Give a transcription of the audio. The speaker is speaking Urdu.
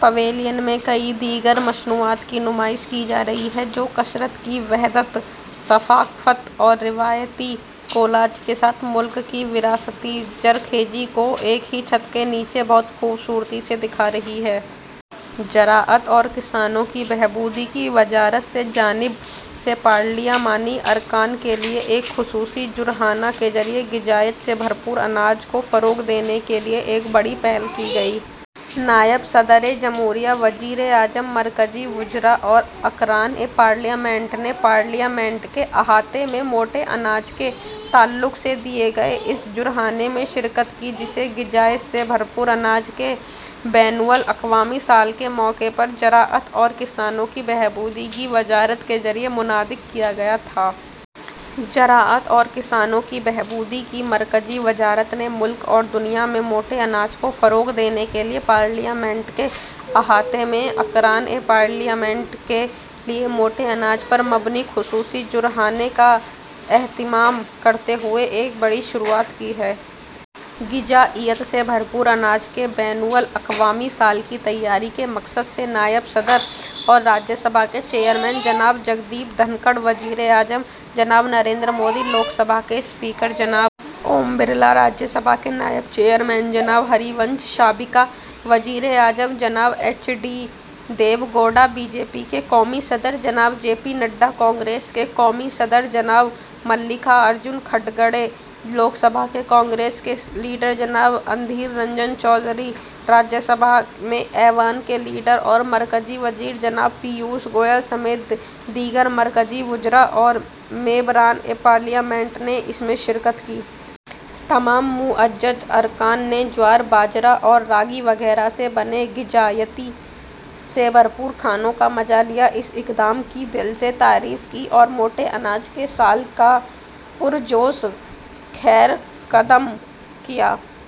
پویلین میں کئی دیگر مصنوعات کی نمائش کی جا رہی ہے جو کثرت میں وحدت، ثقافت اور روایتی کولاج کے ساتھ ملک کی وراثتی زرخیزی کو ایک ہی چھت کے نیچے بہت خوبصورتی سے دکھا رہی ہیں۔ زراعت اور کسانوں کی بہبود کی وزارت کی جانب سے پارلیمانی اراکین کے لیے ایک خصوصی ظہرانے کے ذریعے غذائیت سے بھرپور اناج کو فروغ دینے کے لیے ایک بڑی پہل کی گئی۔ نائب صدر جمہوریہ، وزیر اعظم، مرکزی وزراء اور ارکان پارلیمنٹ نے پارلیمنٹ کے احاطے میں موٹے اناج کے تعلق سے دیے گئے اس ظہرانے میں شرکت کی، جسے غذائیت سے بھرپور اناج کے بین الاقوامی سال کے موقع پر زراعت اور کسانوں کی بہبود کی وزارت کے ذریعے منعقد کیا گیا تھا۔ زراعت اور کسانوں کی بہبود کی مرکزی وزارت نے ملک اور دنیا میں موٹے اناج کو فروغ دینے کے لیے پارلیمنٹ کے احاطے میں اراکین پارلیمنٹ کے لیے موٹے اناج پر مبنی خصوصی ظہرانے کا اہتمام کرتے ہوئے ایک بڑی شروعات کی ہے۔ غذائیت سے بھرپور اناج کے بین الاقوامی سال کی تیاری کے مقصد سے نائب صدر اور راجیہ سبھا کے چیئرمین جناب جگدیپ دھنکھڑ، وزیر اعظم جناب نریندر مودی، لوک سبھا کے اسپیکر جناب اوم برلا، راجیہ سبھا کے نائب چیئرمین جناب ہری ونش، سابق وزیر اعظم جناب ایچ ڈی دیوے گوڑا، بی جے پی کے قومی صدر جناب جے پی نڈا، کانگریس کے قومی صدر جناب ملکاراجن کھڑگے، لوک سبھا میں کانگریس کے رہنما جناب ادھیرنجن چودھری، راجیہ سبھا میں ایوان کے لیڈر اور مرکزی وزیر جناب پیوش گوئل سمیت دیگر مرکزی وزراء اور ممبران پارلیمنٹ نے اس میں شرکت کی۔ تمام معزز اراکین نے جوار، باجرہ اور راگی وغیرہ سے بنے غذائیت سے بھرپور کھانوں کا مزا لیا، اس اقدام کی دل سے تعریف کی اور موٹے اناج کے سال کا پرجوش خیرمقدم کیا۔